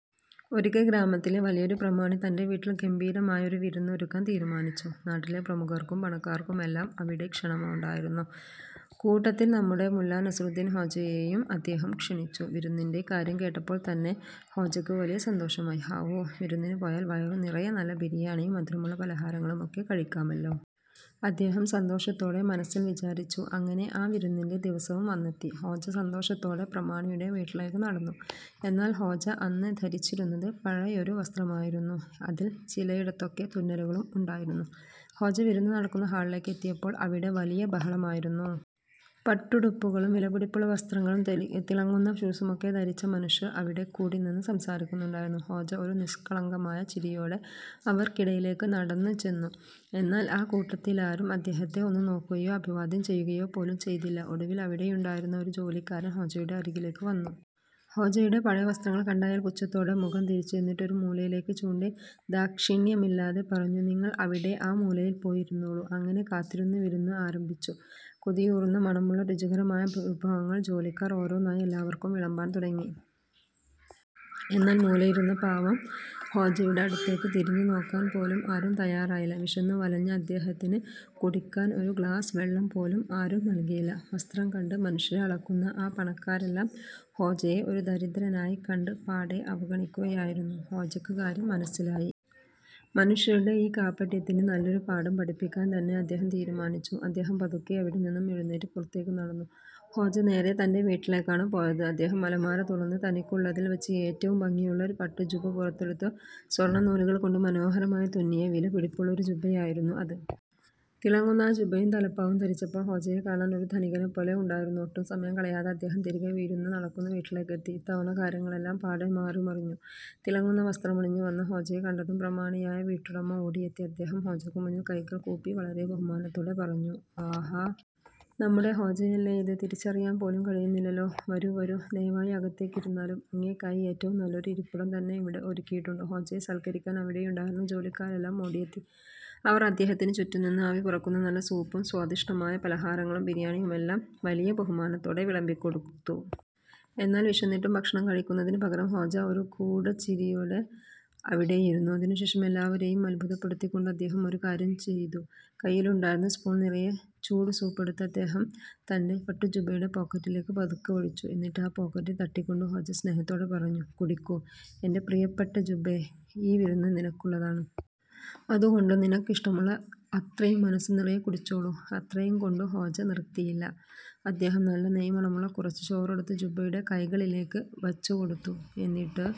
ഒരിക്കൽ, ഗ്രാമത്തിലെ വലിയൊരു പ്രമാണി തന്റെ വീട്ടിൽ ഗംഭീരമായ ഒരു വിരുന്ന് ഒരുക്കാൻ തീരുമാനിച്ചു. നാട്ടിലെ പ്രമുഖർക്കും പണക്കാർക്കുമെല്ലാം അവിടെ ക്ഷണമുണ്ടായിരുന്നു. കൂട്ടത്തിൽ നമ്മുടെ മുല്ലാ നസറുദ്ദീൻ ഹോജയെയും അദ്ദേഹം ക്ഷണിച്ചു. വിരുന്നിന്റെ കാര്യം കേട്ടപ്പോൾ തന്നെ ഹോജയ്ക്ക് വലിയ സന്തോഷമായി. "ഹാവൂ! വിരുന്നിന് പോയാൽ വയറു നിറയെ നല്ല ബിരിയാണിയും മധുരമുള്ള പലഹാരങ്ങളുമൊക്കെ കഴിക്കാമല്ലോ! " അദ്ദേഹം സന്തോഷത്തോടെ മനസ്സിൽ വിചാരിച്ചു. അങ്ങനെ, ആ വിരുന്നിന്റെ ദിവസവും വന്നെത്തി. ഹോജ സന്തോഷത്തോടെ പ്രമാണിയുടെ വീട്ടിലേക്ക് നടന്നു. എന്നാൽ, ഹോജ അന്ന് ധരിച്ചിരുന്നത് പഴയൊരു വസ്ത്രമായിരുന്നു. അതിൽ ചിലയിടത്തൊക്കെ തുന്നലുകളും ഉണ്ടായിരുന്നു. ഹോജ വിരുന്ന് നടക്കുന്ന ഹാളിലേക്ക് എത്തിയപ്പോൾ അവിടെ വലിയ ബഹളമായിരുന്നു. പട്ടുടുപ്പുകളും വിലപിടിപ്പുള്ള വസ്ത്രങ്ങളും തിളങ്ങുന്ന ഷൂസുമൊക്കെ ധരിച്ച മനുഷ്യർ അവിടെക്കൂടി നിന്ന് സംസാരിക്കുന്നുണ്ടായിരുന്നു. ഹോജ ഒരു നിഷ്കളങ്കമായ ചിരിയോടെ അവർക്കിടയിലേക്ക് നടന്നുചെന്നു. എന്നാൽ ആ കൂട്ടത്തിലാരും അദ്ദേഹത്തെ ഒന്ന് നോക്കുകയോ അഭിവാദ്യം ചെയ്യുകയോ പോലും ചെയ്തില്ല! ഒടുവിൽ അവിടെയുണ്ടായിരുന്ന ഒരു ജോലിക്കാരൻ ഹോജയുടെ അരികിലേക്ക് വന്നു. ഹോജയുടെ പഴയ വസ്ത്രങ്ങൾ കണ്ട അയാൾ പുച്ഛത്തോടെ മുഖം തിരിച്ചു. എന്നിട്ട് ഒരു മൂലയിലേക്ക് ചൂണ്ടി ദാക്ഷിണ്യമില്ലാതെ പറഞ്ഞു: "നിങ്ങൾ അവിടെ ആ മൂലയിൽ പോയി ഇരുന്നോളൂ! " അങ്ങനെ കാത്തിരുന്ന വിരുന്ന് ആരംഭിച്ചു. കൊതിയൂറുന്ന മണമുള്ള രുചികരമായ വിഭവങ്ങൾ ജോലിക്കാർ ഓരോന്നായി എല്ലാവർക്കും വിളമ്പാൻ തുടങ്ങി. എന്നാൽ, മൂലയിലിരുന്ന പാവം ഹോജയുടെ അടുത്തേക്ക് തിരിഞ്ഞുനോക്കാൻ പോലും ആരും തയ്യാറായില്ല. വിശന്നു വലഞ്ഞ അദ്ദേഹത്തിന് കുടിക്കാൻ ഒരു ഗ്ലാസ് വെള്ളം പോലും ആരും നൽകിയില്ല! വസ്ത്രം കണ്ട് മനുഷ്യരെ അളക്കുന്ന ആ പണക്കാരെല്ലാം ഹോജയെ ഒരു ദരിദ്രനായി കണ്ട് പാടെ അവഗണിക്കുകയായിരുന്നു. ഹോജയ്ക്ക് കാര്യം മനസ്സിലായി. മനുഷ്യരുടെ ഈ കാപട്യത്തിന് നല്ലൊരു പാഠം പഠിപ്പിക്കാൻ തന്നെ അദ്ദേഹം തീരുമാനിച്ചു. അദ്ദേഹം പതുക്കെ അവിടെനിന്നും എഴുന്നേറ്റ് പുറത്തേക്ക് നടന്നു. ഹോജ നേരെ തന്റെ വീട്ടിലേക്കാണ് പോയത്. അദ്ദേഹം അലമാര തുറന്ന്, തനിക്കുള്ളതിൽ വച്ച് ഏറ്റവും ഭംഗിയുള്ള ഒരു പട്ടുജുബ്ബ പുറത്തെടുത്തു. സ്വർണനൂലുകൾ കൊണ്ട് മനോഹരമായി തുന്നിയ, നല്ല വിലപിടിപ്പുള്ള ഒരു ജുബ്ബയായിരുന്നു അത്! തിളങ്ങുന്ന ആ ജുബ്ബയും തലപ്പാവും ധരിച്ചപ്പോൾ ഹോജയെ കാണാൻ ഒരു ധനികനെപ്പോലെ ഉണ്ടായിരുന്നു. ഒട്ടും സമയം കളയാതെ അദ്ദേഹം തിരികെ വിരുന്ന് നടക്കുന്ന വീട്ടിലേക്ക് എത്തി. ഇത്തവണ കാര്യങ്ങളെല്ലാം പാടെ മാറിമറിഞ്ഞു! തിളങ്ങുന്ന വസ്ത്രമണിഞ്ഞു വന്ന ഹോജയെ കണ്ടതും പ്രമാണിയായ വീട്ടുടമ ഓടിയെത്തി. അദ്ദേഹം ഹോജയ്ക്ക് മുന്നിൽ കൈകൾ കൂപ്പി വളരെ ബഹുമാനത്തോടെ പറഞ്ഞു: "ആഹാ! നമ്മുടെ ഹോജയല്ലേ ഇത്! തിരിച്ചറിയാൻ പോലും കഴിയുന്നില്ലല്ലോ! വരൂ… വരൂ… ദയവായി അകത്തേക്ക് ഇരുന്നാലും. അങ്ങേയ്ക്കായി ഏറ്റവും നല്ലൊരു ഇരിപ്പിടം തന്നെ ഇവിടെ ഒരുക്കിയിട്ടുണ്ട്. " ഹോജയെ സൽക്കരിക്കാൻ അവിടെയുണ്ടായിരുന്ന ജോലിക്കാരെല്ലാം ഓടിയെത്തി. അവർ അദ്ദേഹത്തിന് ചുറ്റും നിന്ന് ആവിപറക്കുന്ന നല്ല സൂപ്പും സ്വാദിഷ്ടമായ പലഹാരങ്ങളും ബിരിയാണിയുമെല്ലാം വലിയ ബഹുമാനത്തോടെ വിളമ്പിക്കൊടുത്തു. എന്നാൽ, വിശന്നിട്ടും ഭക്ഷണം കഴിക്കുന്നതിന് പകരം ഹോജ ഒരു ഗൂഢചിരിയോടെ അവിടെയിരുന്നു. അതിനുശേഷം എല്ലാവരെയും അത്ഭുതപ്പെടുത്തിക്കൊണ്ട് അദ്ദേഹം ഒരു കാര്യം ചെയ്തു! കയ്യിലുണ്ടായിരുന്ന സ്പൂൺ നിറയെ ചൂടുസൂപ്പ് എടുത്ത്, അദ്ദേഹം തന്റെ പട്ടുജുബ്ബയുടെ പോക്കറ്റിലേക്ക് പതുക്കെ ഒഴിച്ചു! എന്നിട്ട് ആ പോക്കറ്റിൽ തട്ടിക്കൊണ്ട് ഹോജ സ്നേഹത്തോടെ പറഞ്ഞു: "കുടിക്കൂ എന്റെ പ്രിയപ്പെട്ട ജുബ്ബേ… ഈ വിരുന്ന് നിനക്കുള്ളതാണ്. അതുകൊണ്ട് നിനക്കിഷ്ടമുള്ള അത്രയും മനസ്സുനിറയെ കുടിച്ചോളൂ! " അത്രയും കൊണ്ട് ഹോജ നിർത്തിയില്ല! അദ്ദേഹം നല്ല നെയ്മണമുള്ള കുറച്ചു ചോറെടുത്ത് ജുബ്ബയുടെ കൈകളിലേക്ക് വച്ചുകൊടുത്തു. എന്നിട്ട്